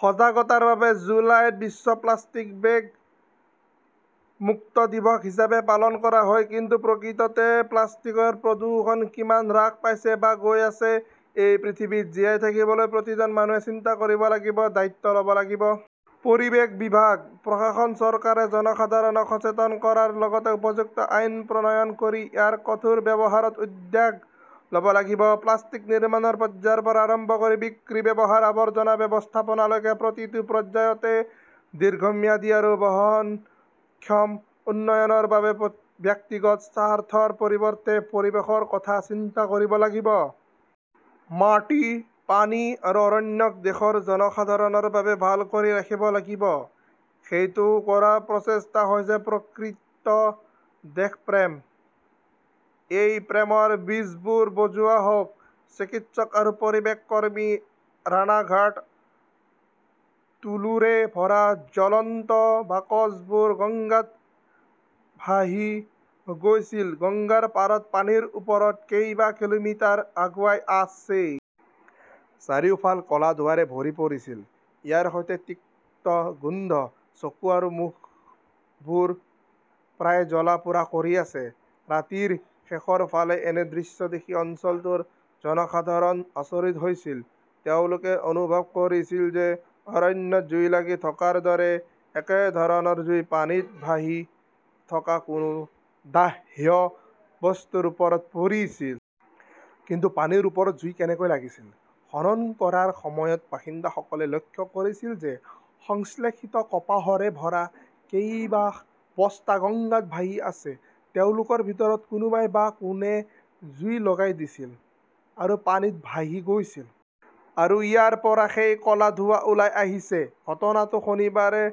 সজাগতাৰ বাবে জুলাইত বিশ্ব প্লাষ্টিক বেগ মুক্ত দিৱস হিচাপে পালন কৰা হয়। কিন্তু প্ৰকৃততে প্লাষ্টিকৰ প্ৰদূষণ কিমান হ্ৰাস পাইছে বা গৈ আছে? এই পৃথিৱীত জীয়াই থাকিবলৈ প্ৰতিজন মানুহে চিন্তা কৰিব লাগিব, দায়িত্ব ল'ব লাগিব। পৰিৱেশ বিভাগ, প্ৰশাসন, চৰকাৰে জনসাধাৰণক সচেতন কৰাৰ লগতে উপযুক্ত আইন প্ৰণয়ন কৰি ইয়াৰ কঠোৰ ব্যৱহাৰত উদ্যোগ ল'ব লাগিব। প্লাষ্টিক নিৰ্মাণৰ পৰ্যায়ৰ পৰা আৰম্ভ কৰি বিক্ৰী, ব্যৱহাৰ, আৱৰ্জনা ব্যৱস্থাপনালৈকে প্ৰতিটো পৰ্যায়তে। দীৰ্ঘম্যাদী আৰু বহনক্ষম উন্নয়নৰ বাবে ব্যক্তিগত স্বাৰ্থৰ পৰিৱৰ্তে পৰিৱেশৰ কথা চিন্তা কৰিব লাগিব। মাটি, পানী আৰু অৰণ্যক দেশৰ জনসাধাৰণৰ বাবে ভাল কৰি ৰাখিব লাগিব। সেইটো কৰাৰ প্ৰচেষ্টা হৈছে প্ৰকৃত দেশপ্ৰেম। এই প্ৰেমৰ বীজবোৰ বজোৱা হওক। চিকিৎসক আৰু পৰিৱেশ কৰ্মী, ৰাণাঘাট। তুলোৰে ভৰা জ্বলন্ত বাকচবোৰ গঙ্গাত ভাহি গৈছিল গংগাৰ পাৰত পানীৰ ওপৰত কেইবা কিলোমিটাৰ আগুৱাই আছে। চাৰিওফাল ক'লা ধোঁৱাৰে ভৰি পৰিছিল। ইয়াৰ সৈতে তিক্ত গোন্ধ। চকু আৰু মুখবোৰ প্ৰায়ে জ্বলা-পোৰা কৰি আছে। ৰাতিৰ শেষৰ ফালে এনে দৃশ্য দেখি অঞ্চলটোৰ জনসাধাৰণ আচৰিত হৈছিল। তেওঁলোকে অনুভৱ কৰিছিল যে অৰণ্যত জুই লাগি থকাৰ দৰে একে ধৰণৰ জুই পানীত ভাহি থকা কোনো দাহ্য বস্তুৰ ওপৰত পৰিছিল। কিন্তু পানীৰ ওপৰত জুই কেনেকৈ লাগিছিল? খনন কৰাৰ সময়ত বাসিন্দাসকলে লক্ষ্য কৰিছিল যে সংশ্লেষিত কপাহৰে ভৰা কেইবাশ বস্তা গঙ্গাত ভাহি আছে। তেওঁলোকৰ ভিতৰত কোনোবাই বা কোনে জুই লগাই দিছিল আৰু পানীত ভাহি গৈছিল। আৰু ইয়াৰ পৰা সেই ক'লা ধোঁৱা ওলাই আহিছে। ঘটনাটো শনিবাৰে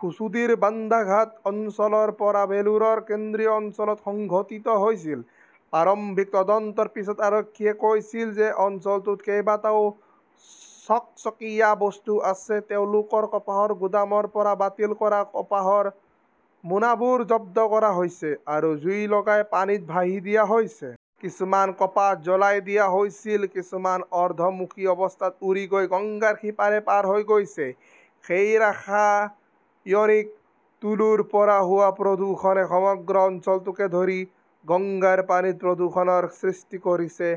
ঘুছুডিৰ বান্ধাঘাট অঞ্চলৰ পৰা বেলুৰৰ কেন্দ্ৰীয় অঞ্চলত সংঘটিত হৈছিল। প্ৰাৰম্ভিক তদন্তৰ পিছত আৰক্ষীয়ে কৈছিল যে অঞ্চলটোত কেইবাটাও চকচকীয়া বস্তু আছে। তেওঁলোকৰ কপাহৰ গুদামৰ পৰা বাতিল কৰা কপাহৰ মোনাবোৰ জব্দ কৰা হৈছে আৰু জুই লগাই পানীত ভাহি দিয়া হৈছে। কিছুমান কপাহ জ্বলাই দিয়া হৈছিল। কিছুমান অৰ্ধমুখী অৱস্থাত উৰি গৈ গংগাৰ সিপাৰে পাৰ হৈ গৈছে। সেই ৰাসায়নিক তুলোৰ পৰা হোৱা প্ৰদূষণে সমগ্ৰ অঞ্চলটোকে ধৰি গংগাৰ পানীত প্ৰদূষণৰ সৃষ্টি কৰিছে।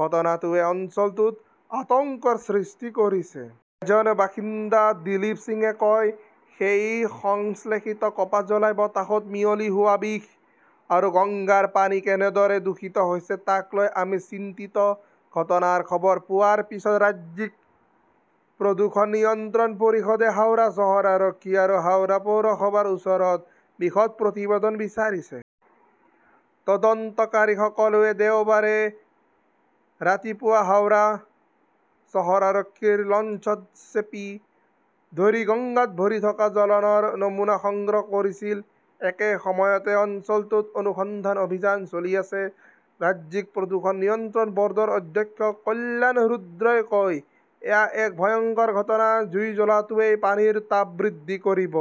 ঘটনাটোৱে অঞ্চলটোত আতংকৰ সৃষ্টি কৰিছে। এজন বাসিন্দা দিলীপ সিঙে কয়, সেই সংশ্লেষিত কপাহ জ্বলাই বতাহত মিহলি হোৱা বিষ আৰু গংগাৰ পানী কেনেদৰে দূষিত হৈছে তাক লৈ আমি চিন্তিত। ঘটনাৰ খবৰ পোৱাৰ পিছত ৰাজ্যিক প্ৰদূষণ নিয়ন্ত্ৰণ পৰিষদে হাওৰা চহৰ আৰক্ষী আৰু হাওৰা পৌৰসভাৰ ওচৰত বিশদ প্ৰতিবেদন বিচাৰিছে। তদন্তকাৰীসকলে দেওবাৰে ৰাতিপুৱা হাওৰা চহৰ আৰক্ষীৰ লঞ্চত চেপি ধৰি গঙ্গাত ভৰি থকা জ্বলনৰ নমুনা সংগ্ৰহ কৰিছিল। একে সময়তে অঞ্চলটোত অনুসন্ধান অভিযান চলি আছে। ৰাজ্যিক প্ৰদূষণ নিয়ন্ত্ৰণ বৰ্ডৰ অধ্যক্ষ কল্যাণ ৰুদ্ৰই কয়, এয়া এক ভয়ংকৰ ঘটনা। জুই জ্বলোৱাটোৱে পানীৰ তাপ বৃদ্ধি কৰিব।